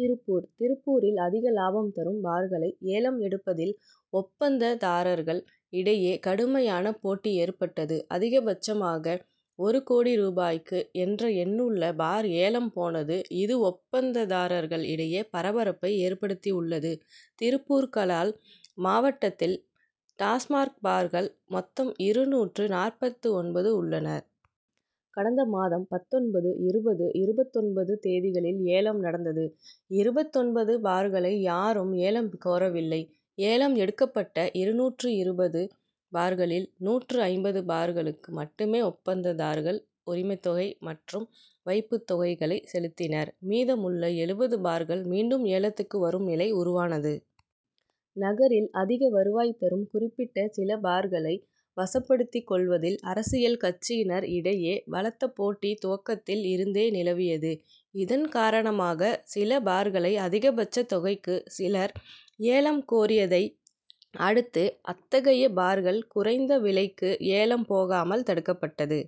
திருப்பூர் திருப்பூரில் அதிக லாபம் தரும் பார்களை ஏலம் எடுப்பதில் ஒப்பந்ததாரர்கள் இடையே கடுமையான போட்டி ஏற்பட்டது. அதிகபட்சமாக ஒரு கோடி ரூபாய்க்கு என்ற எண்ணுள்ள பார் ஏலம் போனது இது ஒப்பந்ததாரர்கள் இடையே பரபரப்பை ஏற்படுத்தியுள்ளது. திருப்பூர் கலால் மாவட்டத்தில் டாஸ்மாக் பார்கள் மொத்தம் இருநூற்று நாற்பத்து ஒன்பது உள்ளன. கடந்த மாதம் பத்தொன்பது இருபது இருபத்தொன்து தேதிகளில் ஏலம் நடந்தது இருபத்தொன்பது பார்களை யாரும் ஏலம் கோரவில்லை. ஏலம் எடுக்கப்பட்ட இருநூற்று இருபது பார்களில் நூற்று ஐம்பது பார்களுக்கு மட்டுமே ஒப்பந்ததாரர்கள் உரிமத்தொகை மற்றும் வைப்பு தொகைகளை செலுத்தினர். மீதமுள்ள எழுபது பார்கள் மீண்டும் ஏலத்துக்கு வரும் நிலை உருவானது. நகரில் அதிக வருவாய் தரும் குறிப்பிட்ட சில பார்களை வசப்படுத்திக் கொள்வதில் அரசியல் கட்சியினர் இடையே பலத்த போட்டி துவக்கத்தில் இருந்தே நிலவியது. இதன்காரணமாக சில பார்களை அதிகபட்ச தொகைக்கு சிலர் ஏலம் கோரியதை அடுத்து அத்தகைய பார்கள் குறைந்த விலைக்கு ஏலம் போகாமல் தடுக்கப்பட்டது.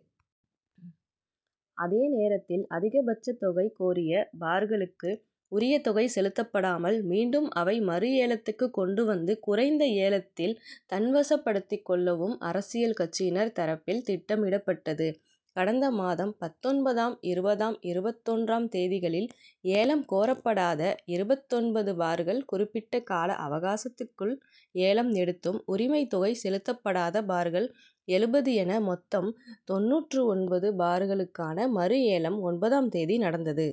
அதேநேரத்தில் அதிகபட்ச தொகை கோரிய பார்களுக்கு உரிய தொகை செலுத்தப்படாமல் மீண்டும் அவை மறுஏலத்துக்கு கொண்டு வந்து குறைந்த ஏலத்தில் தன்வசப்படுத்திக் கொள்ளவும் அரசியல் கட்சியினர் தரப்பில் திட்டமிடப்பட்டது. கடந்த மாதம் பத்தொன்பதாம் இருபதாம் இருபத்தொன்றாம் தேதிகளில் ஏலம் கோரப்படாத இருபத்தொன்பது பார்கள் குறிப்பிட்ட கால அவகாசத்துக்குள் ஏலம் எடுத்தும் உரிமத்தொகை செலுத்தப்படாத பார்கள் எழுபது என மொத்தம் தொண்ணூற்று ஒன்பது பார்களுக்கான மறுஏலம் ஒன்பதாம் தேதி நடந்தது.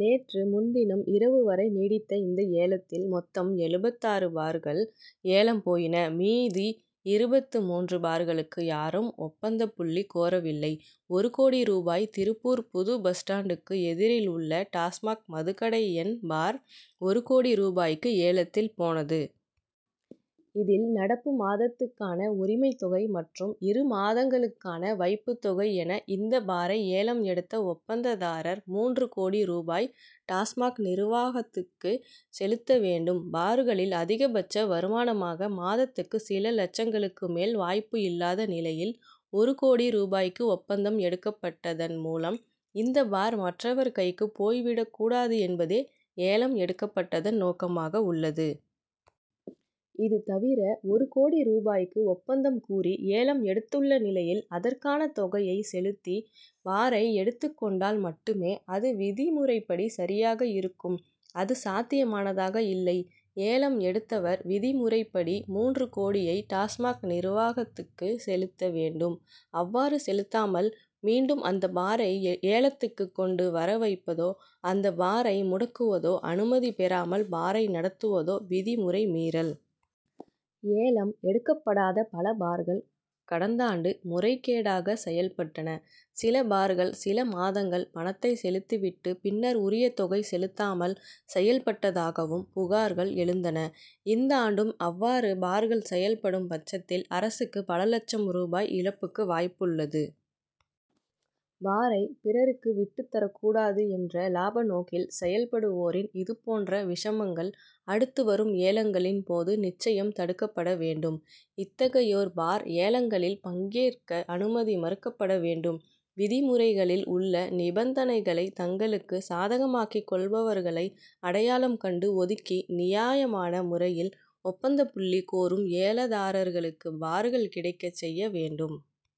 நேற்று முன்தினம் இரவு வரை நீடித்த இந்த ஏலத்தில் மொத்தம் எழுபத்தாறு பார்கள் ஏலம் போயின மீதி இருபத்து மூன்று பார்களுக்கு யாரும் ஒப்பந்தப்புள்ளி கோரவில்லை. ஒரு கோடி ரூபாய் திருப்பூர் புது பஸ் ஸ்டாண்டுக்கு எதிரில் உள்ள டாஸ்மாக்' மதுக்கடை எண் பார் ஒரு கோடி ரூபாய்க்கு ஏலத்தில் போனது. இதில் நடப்பு மாதத்துக்கான உரிமத்தொகை மற்றும் இரு மாதங்களுக்கான வைப்பு தொகை என இந்த பாரை ஏலம் எடுத்த ஒப்பந்ததாரர் மூன்று கோடி ரூபாய் டாஸ்மாக்' நிர்வாகத்துக்குச் செலுத்த வேண்டும். பார்களில் அதிகபட்ச வருமானமாக மாதத்துக்கு சில லட்சங்களுக்கு மேல் வாய்ப்பு இல்லாத நிலையில் ஒரு கோடி ரூபாய்க்கு ஒப்பந்தம் எடுக்கப்பட்டதன் மூலம் இந்த பார் மற்றவர் கைக்கு போய் விடக்கூடாது என்பதே ஏலம் எடுக்கப்பட்டதன் நோக்கமாக உள்ளது. இதுதவிர ஒரு கோடி ரூபாய்க்கு ஒப்பந்தம் கூறி ஏலம் எடுத்துள்ள நிலையில் அதற்கான தொகையை செலுத்தி பாரை எடுத்துக் கொண்டால் மட்டுமே அது விதிமுறைபடி சரியாக இருக்கும் அது சாத்தியமானதாக இல்லை. ஏலம் எடுத்தவர் விதிமுறைப்படி மூன்று கோடியை டாஸ்மாக்' நிர்வாகத்துக்கு செலுத்த வேண்டும். அவ்வாறு செலுத்தாமல் மீண்டும் அந்த பாரை ஏலத்துக்கு கொண்டு வர வைப்பதோ அந்த பாரை முடக்குவதோ அனுமதி பெறாமல் பாரை நடத்துவதோ விதிமுறை மீறல். ஏலம் எடுக்கப்படாத பல பார்கள் கடந்தாண்டு முறைகேடாக செயல்பட்டன. சில பார்கள் சில மாதங்கள் பணத்தை செலுத்தி விட்டு பின்னர் உரிய தொகை செலுத்தாமல் செயல்பட்டதாகவும் புகார்கள் எழுந்தன. இந்தாண்டும் அவ்வாறு பார்கள் செயல்படும் பட்சத்தில் அரசுக்கு பல லட்சம் ரூபாய் இழப்புக்கு வாய்ப்பு உள்ளது. பாரை பிறருக்கு விட்டு தரக்கூடாது என்ற லாப நோக்கில் செயல்படுவோரின் இதுபோன்ற விஷமங்கள் அடுத்து வரும் ஏலங்களின் போது நிச்சயம் தடுக்கப்பட வேண்டும். இத்தகையோர் பார் ஏலங்களில் பங்கேற்க அனுமதி மறுக்கப்பட வேண்டும். விதிமுறைகளில் உள்ள நிபந்தனைகளை தங்களுக்கு சாதகமாக்கிக்கொள்பவர்களை அடையாளம் கண்டு ஒதுக்கி நியாயமான முறையில் ஒப்பந்தப்புள்ளி கோரும் ஏலதாரர்களுக்கு பார்கள் கிடைக்கச்செய்ய வேண்டும்.